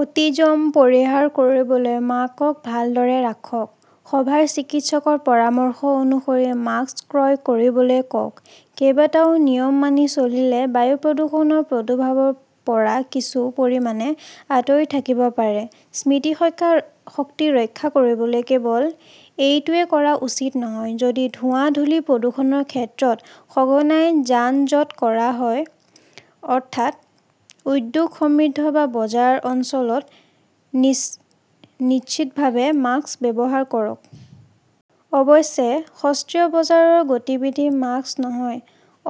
Autism পৰিহাৰ কৰিবলৈ মাকক ভালদৰে ৰাখক, সভাৰ চিকিৎসকৰ পৰামৰ্শ অনুসৰি মাস্ক ক্ৰয় কৰিবলৈ কওক কেইবাটাও নিয়ম মানি চলিলে বায়ু প্ৰদূষণৰ প্ৰাদুৰ্ভাৱৰ পৰা কিছু পৰিমাণে আঁতৰি থাকিব পাৰে। স্মৃতিশক্তি ৰক্ষা কৰিবলৈ কেৱল এইটোৱেই কৰা উচিত নহয়, যদি ধোঁৱা, ধূলি, প্ৰদূষণৰ ক্ষেত্ৰত সঘনাই যান-জঁট কৰা হয়, অৰ্থাৎ উদ্যোগ সমৃদ্ধ বা বজাৰ অঞ্চলত, নিশ্চিতভাৱে মাস্ক ব্যৱহাৰ কৰক। অৱশ্যে, সস্তীয়া বজাৰৰ গতিবিধি মাস্ক নহয়।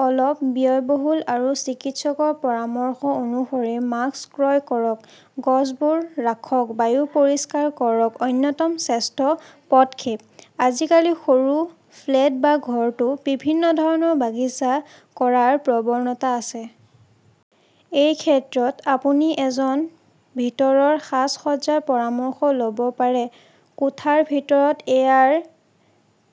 অলপ ব্যয়বহুল আৰু চিকিৎসকৰ পৰামৰ্শ অনুসৰি মাস্ক ক্ৰয় কৰক। গছবোৰ ৰাখক। বায়ু পৰিষ্কাৰ কৰাৰ অন্যতম শ্ৰেষ্ঠ পদক্ষেপ। আজিকালি সৰু ফ্লেট বা ঘৰতো বিভিন্ন ধৰণৰ বাগিচা কৰাৰ প্ৰৱণতা আছে। এই ক্ষেত্ৰত আপুনি এজন ভিতৰৰ সাজ-সজ্জাৰ পৰামৰ্শ ল'ব পাৰে। কোঠাৰ ভিতৰত এয়াৰ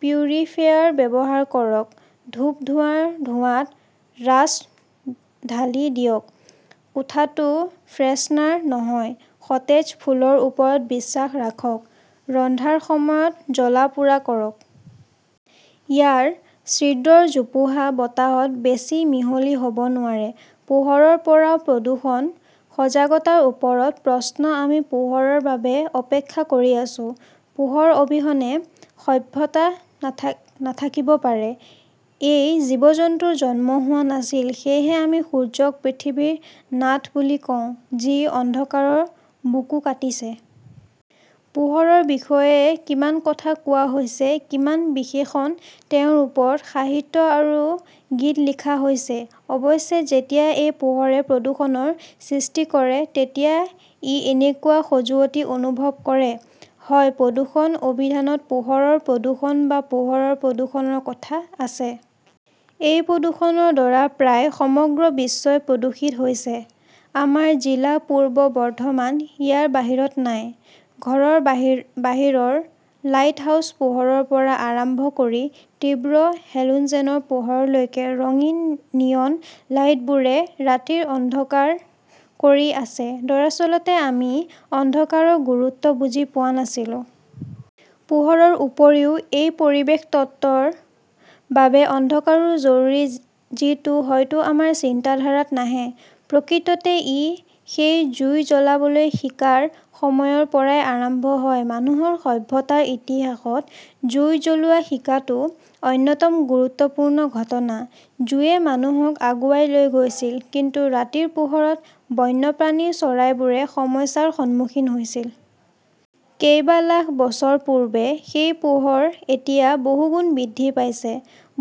পিউৰিফায়াৰ ব্যৱহাৰ কৰক। ধূপ ধোৱাৰ ধোঁৱাত ৰাছ ঢালি দিয়ক। কোঠাটো ফ্ৰেছনাৰ নহয়, সতেজ ফুলৰ ওপৰত বিশ্বাস ৰাখক। ৰন্ধাৰ সময়ত জ্বলা-পোৰা কৰক। ইয়াৰ ছিদ্ৰৰ জোপোহা বতাহত বেছি মিহলি হ'ব নোৱাৰে। পোহৰৰ পৰাও প্ৰদূষণ, সজাগতাৰ ওপৰত প্ৰশ্ন আমি পোহৰৰ বাবে অপেক্ষা কৰি আছো। পোহৰ অবিহনে সভ্যতা নাথাকিব পাৰে। এই জীৱ-জন্তুৰ জন্ম হোৱা নাছিল। সেয়েহে আমি সূৰ্যক পৃথিৱীৰ নাথ বুলি কওঁ, যি অন্ধকাৰৰ বুকু কাটিছে। পোহৰৰ বিষয়ে কিমান কথা কোৱা হৈছে, কিমান বিশেষণ তেওঁৰ ওপৰত সাহিত্য আৰু গীত লিখা হৈছে। অৱশ্যে, যেতিয়া সেই পোহৰে প্ৰদূষণৰ সৃষ্টি কৰে তেতিয়া ই কেনেকুৱা খজুৱতি অনুভৱ কৰে। হয় প্ৰদূষণ অভিধানত পোহৰৰ প্ৰদূষণ বা পোহৰৰ প্ৰদূষণৰ কথা আছে। এই প্ৰদূষণৰ দ্বাৰা প্ৰায় সমগ্ৰ বিশ্বই প্ৰদূষিত হৈছে। আমাৰ জিলা পূব বৰ্ধমান ইয়াৰ বাহিৰত নাই। ঘৰৰ বাহিৰৰ লাইটহাউছৰ পোহৰৰ পৰা আৰম্ভ কৰি তীব্ৰ হেলোজেনৰ পোহৰলৈকে, ৰঙীন নিয়ন লাইটবোৰে ৰাতিৰ অন্ধকাৰ কৰি আছে। দৰাচলতে আমি অন্ধকাৰৰ গুৰুত্ব বুজি পোৱা নাছিলো। পোহৰৰ উপৰিও, এই পৰিৱেশ তন্ত্ৰৰ বাবে অন্ধকাৰো জৰুৰী যিটো হয়তো আমাৰ চিন্তাধাৰাত নাহে। প্ৰকৃততে ই সেই জুই জ্বলাইবলৈ শিকাৰ সময়ৰ পৰাই আৰম্ভ হয়। মানুহৰ সভ্যতাৰ ইতিহাসত জুই জ্বলোৱা শিকাটো অন্যতম গুৰুত্বপূৰ্ণ ঘটনা। জুইয়ে মানুহক আগুৱাই লৈ গৈছিল, কিন্তু ৰাতিৰ পোহৰত বন্যপ্ৰাণী, চৰাইবোৰে সমস্যাৰ সন্মুখীন হৈছিল। কেইবা লাখ বছৰ পূৰ্বে সেই পোহৰ এতিয়া বহুগুণ বৃদ্ধি পাইছে।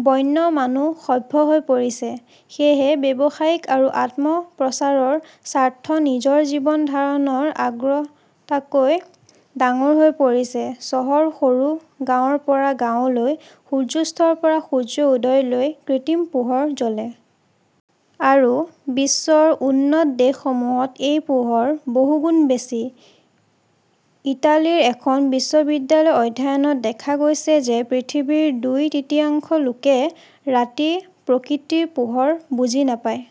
বন্য মানুহ সভ্য হৈ পৰিছে। সেয়েহে, ব্যৱসায়িক আৰু আত্ম-প্ৰচাৰৰ স্বাৰ্থ নিজৰ জীৱন ধাৰণৰ আগ্ৰহতকৈও ডাঙৰ হৈ পৰিছে। চহৰ, সৰু গাঁৱৰ পৰা গাঁৱলৈ সূৰ্যাস্তৰ পৰা সূৰ্য উদয়লৈকে কৃত্ৰিম পোহৰ জ্বলে। আৰু বিশ্বৰ উন্নত দেশসমূহত এই পোহৰ বহুগুণ বেছি। ইটালীৰ এখন বিশ্ববিদ্যালয়ৰ অধ্যয়নত দেখা গৈছে যে পৃথিৱীৰ দুই তৃতীয়াংশ লোকে ৰাতি প্ৰকৃতিৰ পোহৰ বুজি নাপায়।